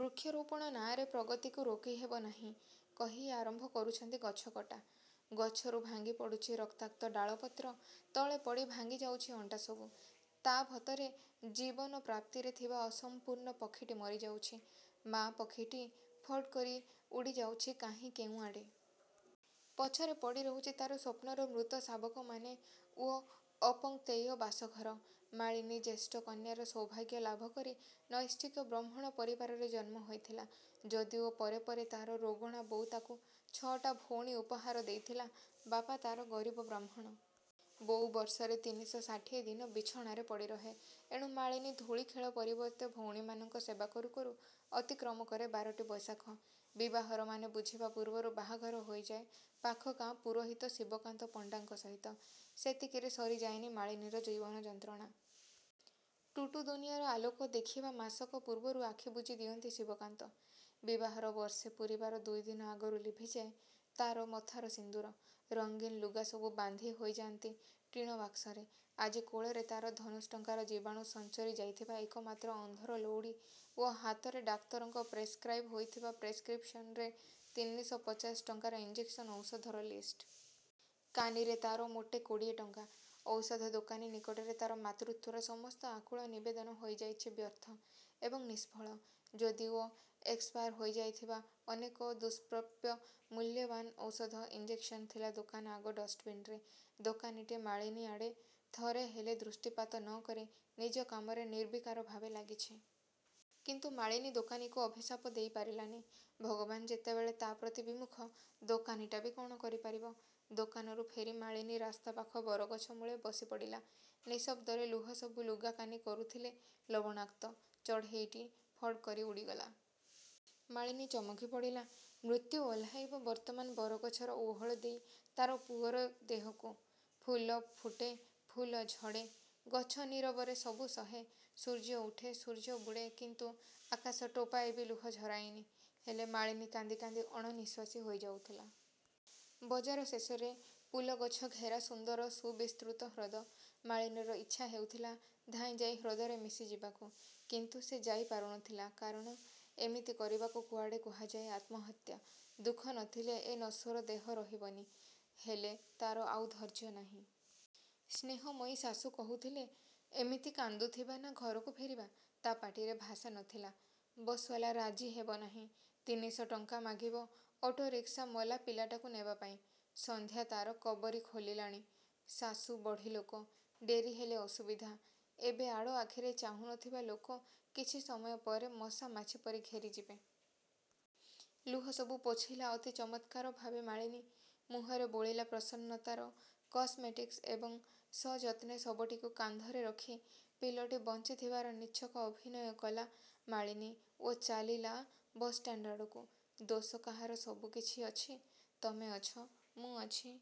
ବୃକ୍ଷରୋପଣ ନାଆଁରେ ପ୍ରଗତିକୁ ରୋକି ହେବ ନାହିଁ କହି ଆରମ୍ଭ କରୁଛନ୍ତି ଗଛକଟା। ଗଛରୁ ଭାଙ୍ଗି ପଡ଼ୁଛି ରକ୍ତାକ୍ତ ଡାଳପତ୍ର। ତଳେ ପଡ଼ି ଭାଙ୍ଗିଯାଉଛି ଅଣ୍ଡା ସବୁ। ତା'ଭତରେ ଜୀବନ ପ୍ରାପ୍ତିରେ ଥିବା ଅସଂପୂର୍ଣ୍ଣ ପକ୍ଷୀଟି ମରିଯାଉଛି। ମା'ପକ୍ଷୀଟି ଫଡ୍କରି। ଉଡ଼ି ଯାଉଛି, କାହିଁ କେଉଁଆଡ଼େ। ପଛରେ ପଡ଼ି ରହୁଛି ତା'ର ସ୍ୱପ୍ନର ମୃତ ଶାବକମାନେ ଓ ଅପଙ୍କ୍ତେୟ ବାସଘର। ମାଳିନୀ ଜେଷ୍ଟ କନ୍ୟାର ସୌଭାଗ୍ୟ ଲାଭ କରି ନୈଷ୍ଠିକ ବ୍ରହ୍ମଣ ପରିବାରରେ ଜନ୍ମ ହୋଇଥିଲା। ଯଦିଓ ପରେ ପରେ ତା'ର ରୋଗଣା ବୋଉ ତାକୁ ଛ'ଟା ଭଉଣୀ ଉପହାର ଦେଇଥିଲା। ବାପା ତା'ର ଗରୀବ ବ୍ରାହ୍ମଣ। ବୋଉ ବର୍ଷରେ ତିନିଶ' ଷାଠିଏ ଦିନ ବିଛଣାରେ ପଡ଼ି ରହେ। ଏଣୁ ମାଳିନୀ ଧୂଳିଖେଳ ପରିବର୍ତ୍ତେ ଭଉଣୀମାନଙ୍କ ସେବା କରୁ କରୁ ଅତିକ୍ରମ କରେ ବାରଟି ବୈଶାଖ। ବିବାହର ମାନେ ବୁଝିବା ପୂର୍ବରୁ ବାହାଘର ହୋଇଯାଏ ପାଖ ଗାଁ ପୁରୋହିତ ଶିବକାନ୍ତ ପଣ୍ଡାଙ୍କ ସହିତ। ସେତିକିରେ ସରିଯାଏନି ମାଳିନୀର ଜୀବନ ଯନ୍ତ୍ରଣା। ଟୁଟୁ ଦୁନିଆର ଆଲୋକ ଦେଖିବା ମାସକ ପୂର୍ବରୁ ଆଖିବୁଜି ଦିଅନ୍ତି ଶିବକାନ୍ତ। ବିବାହର ବର୍ଷେ ପୂରିବାର ଦୁଇଦିନ ଆଗରୁ ଲିଭିଯାଏ ତା'ର ମଥାର ସିନ୍ଦୁର। ରଙ୍ଗୀନ ଲୁଗା ସବୁ ବାନ୍ଧି ହୋଇଯାନ୍ତି ଟିଣ ବାକ୍ସରେ। ଆଜି କୋଳରେ ତା'ର ଧନୁଷ୍ଟଙ୍କାର ଜୀବାଣୁ ସଂଚରି ଯାଇଥିବା ଏକମାତ୍ର ଅନ୍ଧର ଲଉଡ଼ି ଓ ହାତରେ ଡାକ୍ତରଙ୍କ ପ୍ରେସ୍କ୍ରାଇବ୍ ହୋଇଥିବା ପ୍ରେସିକ୍ରିପ୍ସନରେ ତିନିଶ'ପଚାଶ ଟଙ୍କାର ଇଂଜେକ୍ସନ୍ ଔଷଧର ଲିଷ୍ଟ। କାନିରେ ତା'ର ମୋଟେ କୋଡ଼ିଏ ଟଙ୍କା। ଔଷଧ ଦୋକାନୀ ନିକଟରେ ତା'ର ମାତୃତ୍ୱର ସମସ୍ତ ଆକୁଳ ନିବେଦନ ହୋଇଯାଇଛି ବ୍ୟର୍ଥ ଏବଂ ନିଷ୍ଫଳ। ଯଦିଓ ଏକ୍ସପାର ହୋଇଯାଇଥିବା ଅନେକ ଦୁଷ୍ପ୍ରପ୍ୟ ମୂଲ୍ୟବାନ ଔଷଧ, ଇଂଜେକସନ୍ ଥିଲା ଦୋକାନ ଆଗ ଡଷ୍ଟବିନରେ। ଦୋକାନୀଟି ମାଳିନୀ ଆଡ଼େ ଥରେ ହେଲେ ଦୃଷ୍ଟିପାତ ନ କରି ନିଜ କାମରେ ନିର୍ବିକାରଭାବେ ଳାଗିଛି। କିନ୍ତୁ ମାଳିନୀ ଦୋକନୀକୁ ଅଭିଶାପ ଦେଇପାରିଲାନି। ଭଗବାନ ଯେତେବେଳେ ତା' ପ୍ରତି ବିମୁଖ, ଦୋକାନୀଟା ବି କ'ଣ କରିପାରିବ! ଦୋକାନରୁ ଫେରି ମାଳିନୀ ରାସ୍ତା ପାଖ ବରଗଛ ମୂଳେ ବସି ପଡ଼ିଲା। ନିଶବ୍ଦରେ ଲୁହ ସବୁ ଲୁଗାକାନି କରୁଥିଲେ ଲବଣାକ୍ତ। ଚଢ଼େଇଟିଏ ଫଡ୍ କରି ଉଡ଼ି ଗଲା। ମାଳିନୀ ଚମକି ପଡ଼ିଲା। ମୃତ୍ୟୁ ଓହ୍ଲାଇବ ବର୍ତ୍ତମାନ ବରଗଛର ଓହଳ ଦେଇ ତା'ର ପୁଅର ଦେହକୁ। ଫୁଲ ଫୁଟେ, ଫୁଲ ଝଡ଼େ, ଗଛ ନୀରବରେ ସବୁ ସହେ। ସୂର୍ଯ୍ୟ ଉଠେ, ସୂର୍ଯ୍ୟ ବୁଡେ କିନ୍ତୁ ଆକାଶ ଟୋପାଏବି ଲୁହ ଝରାଏନି। ହେଲେ ମାଳିନୀ କାନ୍ଦି କାନ୍ଦି ଅଣନିଶ୍ୱାସୀ ହୋଇଯାଉଥିଲା। ବଜାର ଶେଷରେ ପୁଲଗଛ ଘେରା ସୁନ୍ଦର ସୁବିସ୍ତୃତ ହ୍ରଦ। ମାଳିନୀର ଇଚ୍ଛା ହେଉଥିଲା ଧାଇଁଯାଇ ହ୍ରଦରେ ମିଶିଯିବାକୁ। କିନ୍ତୁ ସେ ଯାଇ ପାରୁନଥିଲା। କାରଣ ଏମିତି କରିବାକୁ କୁଆଡ଼େ କୁହାଯାଏ ଆତ୍ମହତ୍ୟା। ଦୁଃଖ ନଥିଲେ ଏ ନଶ୍ୱର ଦେହ ରହିବନି। ହେଲେ ତା'ର ଆଉ ଧୈଯ୍ୟ ନାହିଁ। ସ୍ନେହମୟୀ ଶାଶୁ କହୁଥିଲେ ଏମିତି କାନ୍ଦୁଥିବା ନା ଘରକୁ ଫେରିବା। ତା' ପାଟିରେ ଭାଷା ନ ଥିଲା। ବସ୍ବାଲା ରାଜି ହେବ ନାହିଁ। ତିନିଶ' ଟଙ୍କା ମାଗିବ ଅଟୋ ରିକ୍ସା ମଲାପିଲାଟାକୁ ନେବାପାଇଁ। ସଂଧ୍ୟା ତା'ର କବରୀ ଖୋଲିଲାଣି। ଶାଶୁ ବଢ଼ୀଲୋକ-। ଡେରିହେଲେ ଅସୁବିଧା। ଏବେ ଆଡ଼ ଆଖିରେ ଚାହୁଁନଥିବା ଲୋକ କିଛି ସମୟ ପରେ ମଶାମାଛି ପରି ଘେରିଯିବେ। ଲୁହ ସବୁ ପୋଛିଲା ଅତି ଚମତ୍କାରଭାବେ ମାଳିନୀ। ମୁହଁରେ ବୋଳିଲା ପ୍ରସନ୍ନତାର କସମେଟିକ୍ସ ଏବଂ ସଯତ୍ନେ ଶବଟିକୁ କାନ୍ଧରେ ରଖି ପିଲଟି ବଂଚିଥିବାର ନିଚ୍ଛକ ଅଭିନୟ କଲା ମାଳିନୀ ଓ ଚାଲିଲା ବସ୍ଷ୍ଟାଣ୍ଡ ଆଡ଼କୁ। ଦୋଷ କାହାର ସବୁକିଛି ଅଛି। ତମେ ଅଛ। ମୁଁ ଅଛି।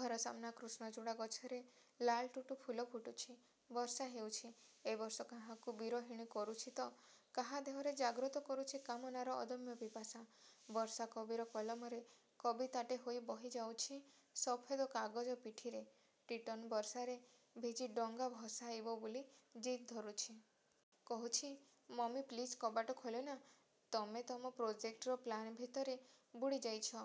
ଘର ସାମ୍ନା କୃଷ୍ଣଚୁଡ଼ା ଗଛରେ ଲାଲ ଟୁଟୁ ଫୁଲ ଫୁଟୁଛି। ବର୍ଷା ହେଉଛି। ଏ ବର୍ଷ କାହାକୁ ବିରହିଣୀ କରୁଛି ତ କାହା ଦେହରେ ଜାଗ୍ରତ କରୁଛି କାମନାର ଅଦମ୍ୟ ପିପାସା। ବର୍ଷା କବିର କଲମରେ କବିତାଟେ ହୋଇ ବହିଯାଉଛି ସଫେଦ କାଗଜ ପିଠିରେ। ଟିଟନ୍ ବର୍ଷାରେ ଭିଜି ଡଙ୍ଗା ଭସାଇବ ବୋଲି ଯିଦ୍ ଧରୁଛି। କହୁଛି,''ମମି, ପ୍ଲିଜ୍ କବାଟ ଖୋଲନା...। '' ତମେ ତମ ପ୍ରୋଜେକ୍ଟର ପ୍ଲାନ୍ ଭିତରେ ବୁଡ଼ି ଯାଇଛ।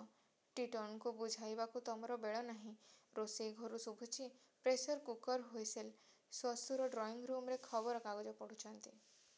ଟିଟନ୍କୁ ବୁଝାଇବାକୁ ତମର ବେଳ ନାହିଁ। ରୋଷେଇ ଘରୁ ଶୁଭୁଛି ପ୍ରେସର କୁକର୍ର ହୁଇସିଲ୍। ଶ୍ୱଶୁର ଡ୍ରଇଁରୁମରେ ଖବର କାଗଜ ପଢ଼ୁଛନ୍ତି।